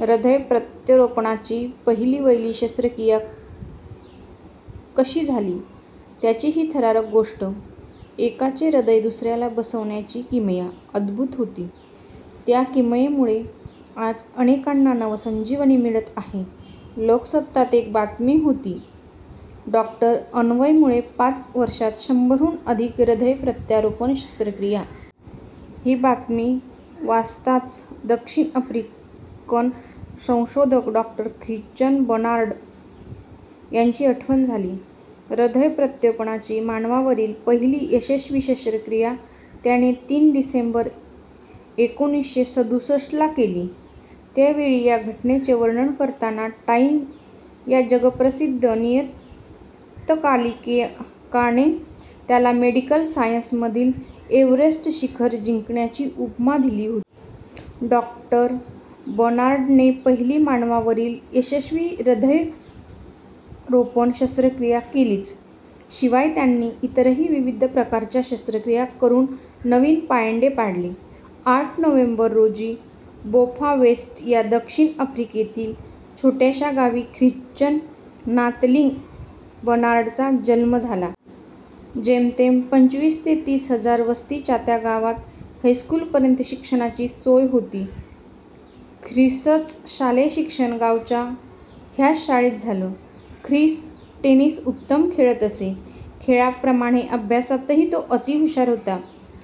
हृदय प्रत्यारोपणाची पहिलीवहिली शस्त्रक्रिया कशी झाली, त्याची ही थरारक गोष्ट! एकाचे हृदय दुसऱ्याला बसवण्याची किमया अद्भुत होती. त्या किमयेमुळे आज अनेकांना नवसंजीवन मिळत आहे! लोकसत्तात एक बातमी होती. डॉ. अन्वय मुळे पाच वर्षांत शंभराहून अधिक हृदय प्रत्यारोपण शस्त्रक्रिया! ती बातमी वाचताच दक्षिण आफ्रिकन संशोधक डॉ ख्रिश्चन बर्नार्ड याची आठवण झाली. हृदयरोपणाची मानवावरील पहिली यशस्वी शस्त्रक्रिया त्याने तीन डिसेंबर एकोणीसशे सदुसष्ट ला केली. त्या वेळी या घटनेचे वर्णन करताना टाइम या जगप्रसिद्ध नियतकालिकाने त्याला मेडिकल सायन्समधील एव्हरेस्ट शिखर जिंकल्याची उपमा दिली होती. डॉ. बर्नार्डने पहिली मानवावरील यशस्वी हृदयारोपण शस्त्रक्रिया केलीच, शिवाय त्यांनी इतरही विविध प्रकारच्या शस्त्रक्रिया करून नवीन पायंडे पाडले. आठ नोव्हेंबर रोजी बोफां वेस्ट या दक्षिण आफ्रिकेतील छोट्याशा गावी ख्रिश्चन नाथलिंग बर्नार्डचा जन्म झाला. जेमतेम पंचवीस ते तीस हजार वस्तीच्या त्या गावात हायस्कूलपर्यंत शिक्षणाची सोय होती. ख्रिसचं शालेय शिक्षण गावच्या ह्याच शाळेत झालं. ख्रिस टेनिस उत्तम खेळत असे. खेळाप्रमाणे अभ्यासातही तो हुशार होता.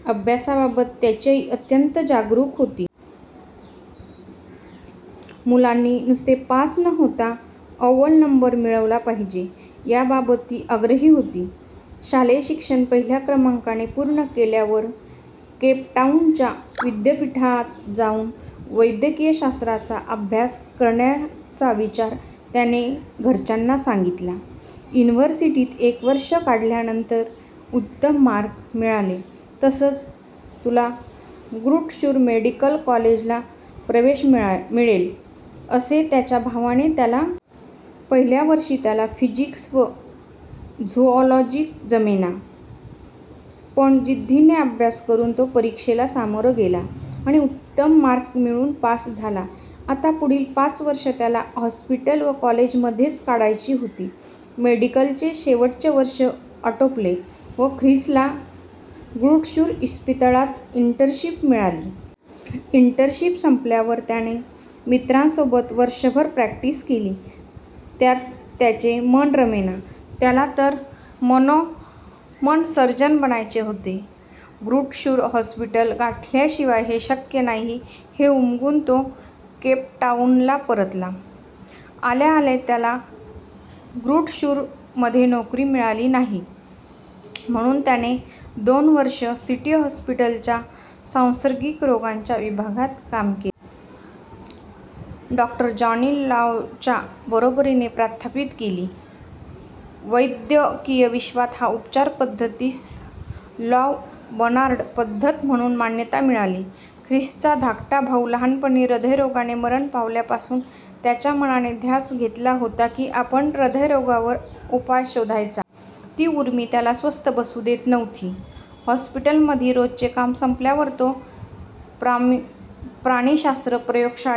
अभ्यासाबाबत त्याची आई अत्यंत जागरूक होती. मुलांनी नुसते पास न होता अव्वल नंबर मिळवला पाहिजे, याबाबत ती आग्रही होती. शालेय शिक्षण पहिल्या क्रमांकाने पूर्ण केल्यावर केपटाऊनच्या विद्यापीठात जाऊन वैद्यकशास्त्राचा अभ्यास करण्याचा विचार त्याने घरच्यांना सांगितला. युनिव्हर्सिटीत एक वर्ष काढल्यावर, उत्तम मार्क मिळाले तरच तुला ग्रुट शूर मेडिकल कॉलेजला प्रवेश मिळेल, असे त्याच्या भावाने त्याला बजावले. पहिल्या वर्षी त्याला फिजिक्स व झूऑलॉजी जमेना. पण जिद्दीने अभ्यास करून तो परीक्षेला सामोरा गेला आणि उत्तम मार्क मिळवून पास झाला. आता पुढील पाच वर्षं त्याला हॉस्पिटल व कॉलेजमध्येच काढायची होती. मेडिकलचे शेवटचे वर्ष आटोपले व ख्रिसला ग्रुट शूर इस्पितळातच इन्टर्नशिप मिळाली. इन्टर्नशिप संपल्यावर त्याने मित्रासोबत वर्षभर प्रॅक्टिस केली. त्यात त्याचे मन रमेना. त्याला तर मनोमन सर्जन बनायचे होते. ग्रुट शूर हॉस्पिटल गाठल्याशिवाय हे शक्य नाही, हे उमगून तो केपटाऊनला परतला. आल्या आल्या त्याला ग्रुट शूर मध्ये नोकरी मिळाली नाही, म्हणून त्याने दोन वर्षं सिटी हॉस्पिटलच्या सांसर्गिक रोगांच्या विभागात काम केले. डॉ. जॅनी लॉवच्या बरोबरीने प्रस्थापित केली. वैद्यकीय विश्वात ह्या उपचार पद्धतीस लॉव बर्नार्ड पद्धत म्हणून मान्यता मिळाली. ख्रिसचा धाकटा भाऊ लहानपणी हृदयरोगाने मरण पावल्यापासून त्याच्या मनाने ध्यास घेतलेला होता की, आपण हृदयरोगावर उपाय शोधायचा. ती ऊर्मी त्याला स्वस्थ बसू देत नव्हती. हॉस्पिटलमधील रोजचे काम संपल्यावर तो प्राणिशास्त्र प्रयोगशाळेत,